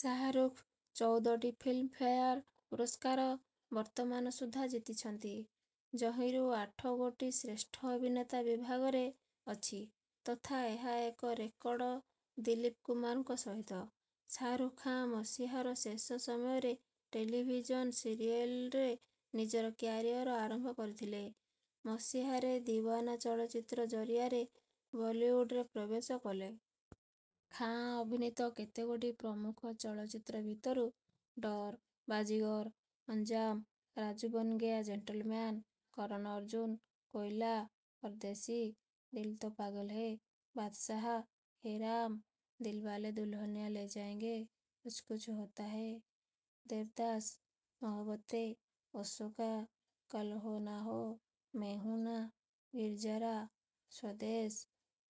ସାହାରୁଖ ଚଉଦଟି ଫିଲ୍ମଫେୟାର୍ ପୁରସ୍କାର ବର୍ତ୍ତମାନ ସୁଦ୍ଧା ଜିତିଛନ୍ତି, ଯହିଁରୁ ଆଠ ଗୋଟି ଶ୍ରେଷ୍ଠ ଅଭିନେତା ବିଭାଗରେ ଅଛି, ତଥା ଏହା ଏକ ରେକର୍ଡ଼ ଦିଲ୍ଲୀପ କୁମାରଙ୍କ ସହିତ। ସାହାରୁଖ ଖାଁ ମସିହାର ଶେଷ ସମୟରେ ଟେଲିଭିଜନ୍ ସିରିୟଲରେ ନିଜର କ୍ୟାରିୟର୍ ଆରମ୍ଭ କରିଥିଲେ। ମସିହାରେ ଦିୱାନା ଚଳଚ୍ଚିତ୍ର ଜରିଆରେ ବଲିଉଡରେ ପ୍ରବେଶ କଲେ। ଖାଁ ଅଭିନୀତ କେତେଗୋଟି ପ୍ରମୁଖ ଚଳଚ୍ଚିତ୍ର ଭିତରୁ ଡର୍, ବାଜିଗର୍, ଅଞ୍ଜାମ୍, ରାଜୁ ବନଗୟା ଜେନ୍ଟଲ୍-ମ୍ୟାନ୍, କରନ-ଅର୍ଜୁନ, କୋଇଲା, ପରଦେଶ୍ଦି ଲ ତୋ ପାଗଲ ହୈ ବାଦଶାହ ହେ ରାମ ଦିଲବାଲେ ଦୁଲହନିଆଁ ଲେ ଜାଏଙ୍ଗେ, କୁଛ୍ କୁଛ୍ ହୋତା ହୈ, ଦେବଦାସ, ମହୋବ୍ୱତେ, ଅଶୋକା, କଲ୍ ହୋ ନା ହୋ, ମେ ହୁଁ ନା, ବୀର୍-ଜାରା, ସ୍ୱଦେଶ୍,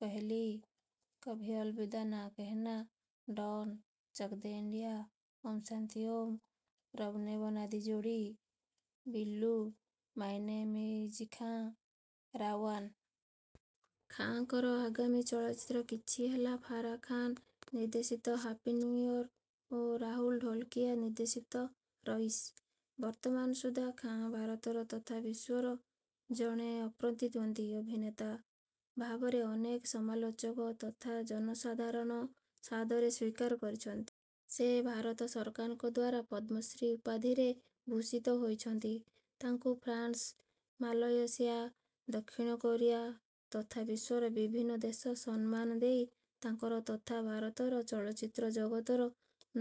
ପହେଲି, କଭି ଅଲବିଦା ନା କହ ନା, ଡନ, ଚକ ଦେ ଇଣ୍ଡିଆ, ଓଁ ଶାନ୍ତି ଓଁ, ରବ୍ ନେ ବନା Di Jodi, Billu, my name is Khan, Ra One ଖାଁଙ୍କର ଆଗାମୀ ଚଳଚ୍ଚିତ୍ର କିଛି ହେଲା ଫାରା ଖାନ ନିର୍ଦ୍ଦେଶିତ 'ହାପି ନ୍ୟୁ ଇୟର୍' ଓ ରାହୁଲ ଢୋଲକିଆ ନିର୍ଦ୍ଦେଶିତ 'ରଈସ'। ବର୍ତ୍ତମାନ ସୁଦ୍ଧା ଖାଁ ଭାରତର ତଥା ବିଶ୍ୱର ଜଣେ ଅପ୍ରତିଦ୍ୱନ୍ଦୀ ଅଭିନେତା ଭାବରେ ଅନେକ ସମାଲୋଚକ ତଥା ଜନସାଧାରଣ ସାଦରେ ସ୍ୱୀକାର କରିଛନ୍ତି। ସେ ଭାରତ ସରକାରଙ୍କ ଦ୍ୱାରା ପଦ୍ମଶ୍ରୀ ଉପାଧିରେ ଭୂଷିତ ହୋଇଛନ୍ତି। ତାଙ୍କୁ ଫ୍ରାନ୍ସ, ମାଲୟସିଆ, ଦକ୍ଷିଣ କୋରିଆ ତଥା ବିଶ୍ୱର ବିଭିନ୍ନ ଦେଶ ସମ୍ମାନ ଦେଇ ତାଙ୍କର ତଥା ଭାରତର ଚଳଚ୍ଚିତ୍ର ଜଗତର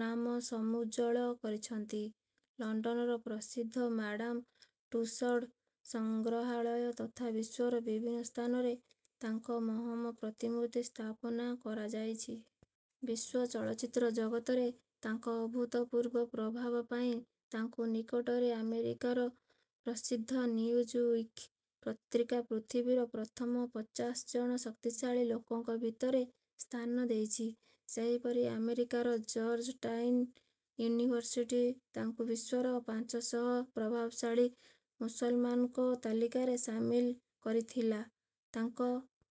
ନାମ ସମୁଜ୍ଜ୍ୱଳ କରିଛନ୍ତି। ଲଣ୍ଡନର ପ୍ରସିଦ୍ଧ ମାଡାମ ଟୁଷଡ୍ ସଂଗ୍ରହାଳୟ ତଥା ବିଶ୍ୱର ବିଭିନ୍ନ ସ୍ଥାନରେ ତାଙ୍କ ମହମ ପ୍ରତିମୂର୍ତ୍ତି ସ୍ଥାପନା କରାଯାଇଛି। ବିଶ୍ୱ ଚଳଚ୍ଚିତ୍ର ଜଗତରେ ତାଙ୍କ ଅଭୂତପୂର୍ବ ପ୍ରଭାବ ପାଇଁ ତାଙ୍କୁ ନିକଟରେ ଆମେରିକାର ପ୍ରସିଦ୍ଧ ନ୍ୟୁଜ-ୱିକ ପତ୍ରିକା ପୃଥିବୀର ପ୍ରଥମ ପଚାଶ ଜଣ ଶକ୍ତିଶାଳୀ ଲୋକଙ୍କ ଭିତରେ ସ୍ଥାନ ଦେଇଛି। ସେହିପରି ଆମେରିକାର ଜର୍ଜ-ଟାଉନ୍ ୟୁନିଭର୍ସିଟି ତାଙ୍କୁ ବିଶ୍ୱର ପାଞ୍ଚଶହ ପ୍ରଭାବଶାଳୀ ମୁସଲମାନଙ୍କ ତାଲିକାରେ ସାମିଲ କରିଥିଲା। ତାଙ୍କ